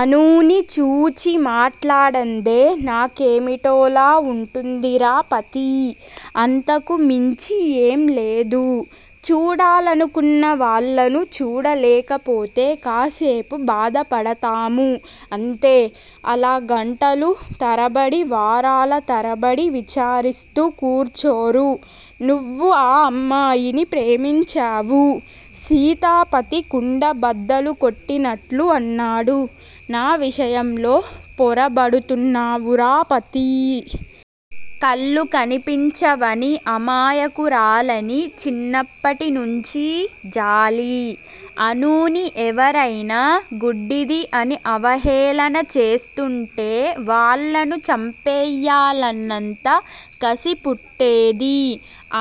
అనూని చూచి మాట్లాడందే నాకేమిటోలా వుంటుందిరా పతీ! అంతకు మించి ఏం లేదు. చూడాలనుకున్న వాళ్ళను చూడలేకపోతే కాసేపు బాదపడతాము అంతే, అలా గంటలు తరబడి వారల తరబడి విచారిస్తు కూర్చోరు. నువ్వు ఆ అమ్మాయిని ప్రేమించావు. సీతాపతి కుండ బద్దలు కొట్టినట్లు అన్నాడు. నా విషయంలో పొరబడుతున్నావురా పతీ! కళ్లు కనిపంచవని అమాయకురాలని, చిన్నప్పటి నుంచీ జాలి. అనూని ఎవరైనా గుడ్డిది అని అవహేళన చేస్తుంటే, వాళ్ళను చంపెయ్యాలన్నంత కసి పుట్టేది.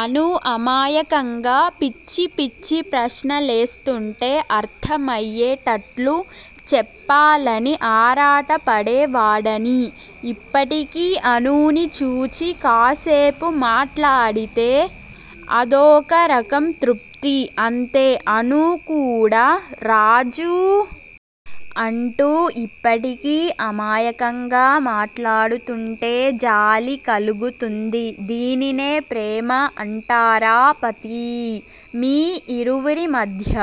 అనూ అమాయకంగా పిచ్చి పిచ్చి ప్రశ్నలేస్తుంటే అర్థమయ్యేటట్లు చెప్పాలని ఆరాటపడేవాడని. ఇప్పటికీ అనూని చూచి కాసేపు మాట్లాడితే అదోక రకం తృప్తి అంతే, అనూ కూడ రాజూ! అంటూ ఇప్పటికీ అమాయకంగా మాట్లాడుతుంటే జాలి కలుగుతుంది దీనినే ప్రేమ అంటారా పతీ? మీ ఇరువురి మధ్య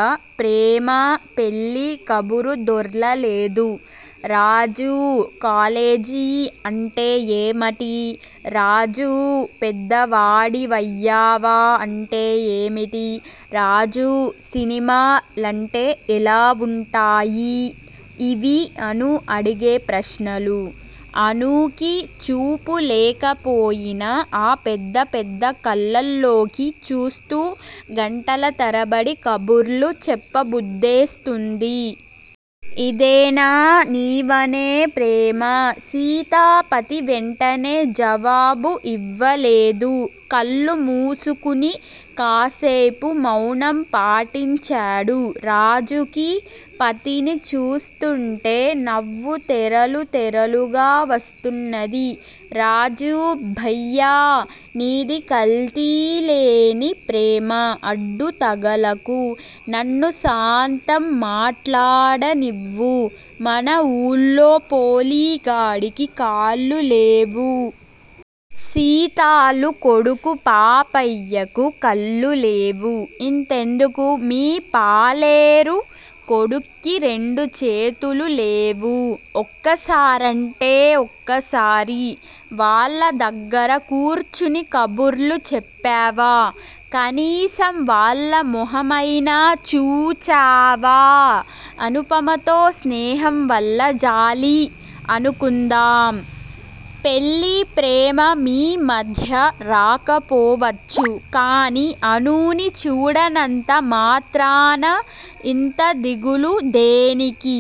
ప్రేమా, పెళ్లి కబురు దొర్లలేదు. రాజూ! కాలేజీ అంటే ఏమటి? రాజూ! పెద్దవాడివయ్యావా? అంటే ఏమిటి? రాజూ సినిమా లంటె ఎలా ఉంటాయి? ఇవీ అనూ అడిగే ప్రశ్నలు, అనూకి చూపు లేకపోయినా ఆ పెద్ద పెద్ద కళ్లల్లోకి చూస్తు గంటల తరబడి కబుర్లు చెప్పబుద్దేస్తుంది. ఇదేనా నీవనే ప్రేమ? సీతాపతి వెంటనే జవాబు ఇవ్వలేదు. కళ్ళుమూసుకుని కాసేపు మౌనం పాటించాడు. రాజుకి పతిని చూస్తుంటే నవ్వు తెరలు తెరలుగా వస్తున్నది. రాజూ భయ్యా! నీది కల్తీలేని ప్రేమ, అడ్డు తగలకు, నన్ను సాంతం మాట్లాడనివ్వు, మన వూళ్ళో పోలి గాడికి కాళ్ళు లేవు. సీతాలు కొడుకు పాపయ్యకు కళ్ళు లేవు. ఇంతెందుకు మీ పాలేరు కొడుక్కి రెండు చేతులు లేవు. ఒక్కసారంటే ఒక్కసారి వాళ్ళ దగ్గర కూర్చుని కబుర్లు చెప్పావా? కనీసం వాళ్ళ మొహమయినా చూచావా? అనుపమతో స్నేహం వల్ల జాలి అనుకుందాం, పెళ్ళి ప్రేమ మీ మధ్య రాకపోవచ్చు కానీ అనూని చూడనంత మాత్రాన ఇంత దిగులు దేనికి?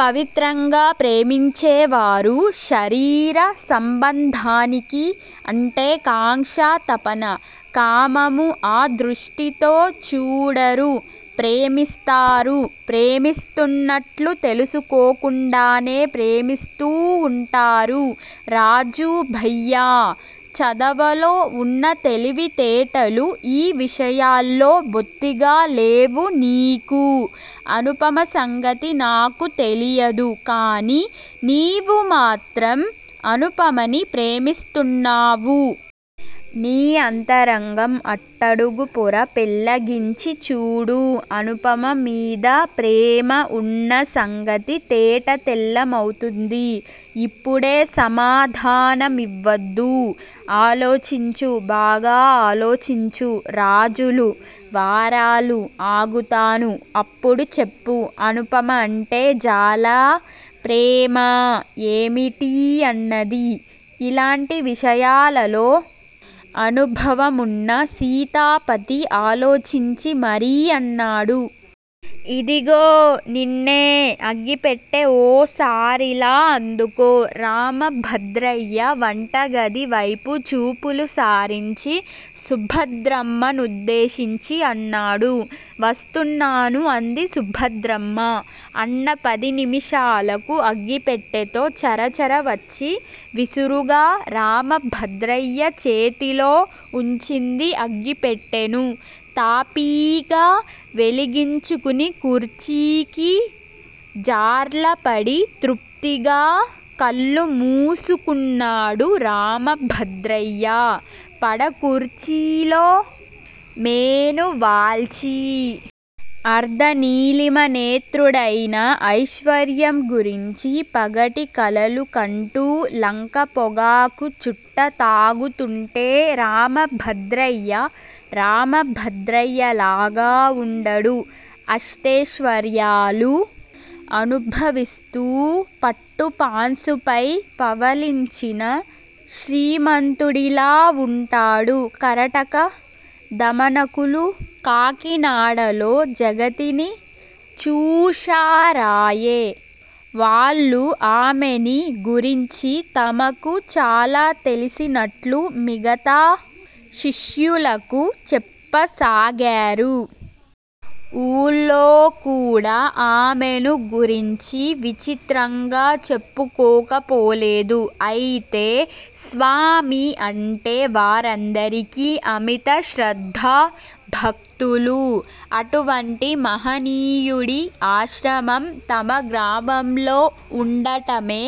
పవిత్రంగా ప్రేమించేవారు శరీర సంబంధానికి అంటే కాంక్ష, తపన. కామము ఆ దృష్టితో చూడరు. ప్రేమిస్తారు, ప్రేమిస్తున్నట్లు తెలుసుకోకుండానే ప్రేమిస్తూ వుంటారు రాజూ భయ్యా! చదవులో వున్న తెలివితేటలు ఈ విషయాల్లో బొత్తిగా లేవు నీకు అనుప సంగతి నాకు తెలియదు కాని, నీవు మాత్రం అనుపమని ప్రేమిస్తున్నావు. నీ అంతరంగం అట్టడుగుపొర పెళ్ళగించి చూడు. అనుపమ మీద ప్రేమ వున్న సంగతి తేటతెల్లమవుతుంది. ఇప్పుడే సమాధాన మివ్వవద్దు. ఆలోచించు బాగా ఆలోచించు. రాజులు, వారాలు ఆగుతాను, అప్పుడు చెప్పు. అనుపమ అంటే జాలా? ప్రేమా? ఏమిటీ అన్నది! ఇలాంటి విషయాలలో అనుభవమున్న సీతాపతి ఆలోచించి మరీ అన్నాడు. ఇదిగో నిన్నే! అగ్గిపెట్టె ఓసారిలా అందుకో. రామభద్రయ్య వంటగది వైపు చూపులు సారించి సుభద్రమ్మనుద్దేశించి అన్నాడు. వస్తున్నాను అంది సుభద్రమ్మ. అన్న పదినిమిషాలకు అగ్గిపెట్టెతో చర చర వచ్చి విసురుగా రామభద్రయ్య చేతిలో వుంచింది అగ్గి పెట్టెను. తాపీగా వెలిగించుకుని కుర్చీకి జార్ల పడి తృప్తిగా కళ్ళు మూసుకున్నాడు రామభద్రయ్య పడకూర్చీలో మేనువాల్చి. అర్దనీలిమ నేత్రుడయిన, ఐశ్వర్యం గురించి పగటి కలలు కంటూ లంక పొగాకు చుట్ట తాగుతుంటే రామభద్రయ్య, రామభద్రయ్యలాగా వుండడు. అష్టెశ్వర్యాలు అనుభవిస్తూ పట్టు పాన్సుపై పవళించిన శ్రీమంతుడిలా వుంటాడు. కరటక, దమనకులు కాకినాడలో జగతిని చూశారాయె! వాళ్ళు ఆమెని గురించి తమకు చాలా తెలిసినట్లు మిగతా శిష్యులకు చెప్పసాగారు. ఊళ్ళో కూడా ఆమెను గురించి విచిత్రంగా చెప్పుకోకపోలేదు. అయితే స్వామి అంటే వారందరికీ అమిత శ్రద్ధా భక్తులు. అటువంటి మహనీయుడి ఆశ్రమం తమ గ్రామంలో వుండటమే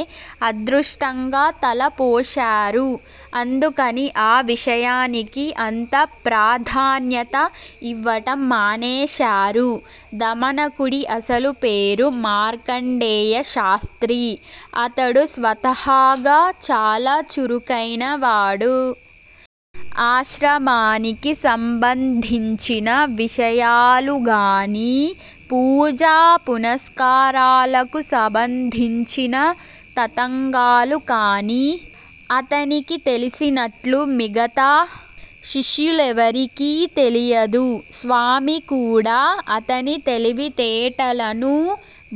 అదృష్టంగా తలపోశారు. అందుకని ఆ విషయానికి అంత ప్రాధాన్యత యివ్వటం మానేశారు. దమనకుడి అసలుపేరు మార్కండేయశాస్త్రి. అతడు స్వతహాగా చాలా చురుకైనవాడు. ఆశ్రమానికి సంబంధించిన విషయాలుగానీ, పూజా పునస్కారాలకు సబంధించిన తతంగాలు కానీ అతనికి తెలిసినట్లు మిగతా శిష్యులెవరికీ తెలియదు. స్వామికూడా అతని తెలివి తేటలనూ,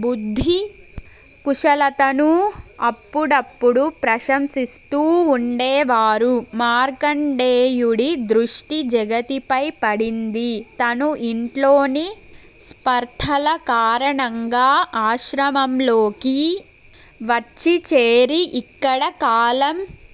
బుద్ధి కుశలతనూ అప్పుడప్పుడు ప్రశంసిస్తూ వుండేవారు. మార్కండేయుడి దృష్టి జగతిపై పడింది. తను యింట్లోని స్పర్థల కారణంగా ఆశ్రమంలోకి వచ్చి చేరి యిక్కడ కాలం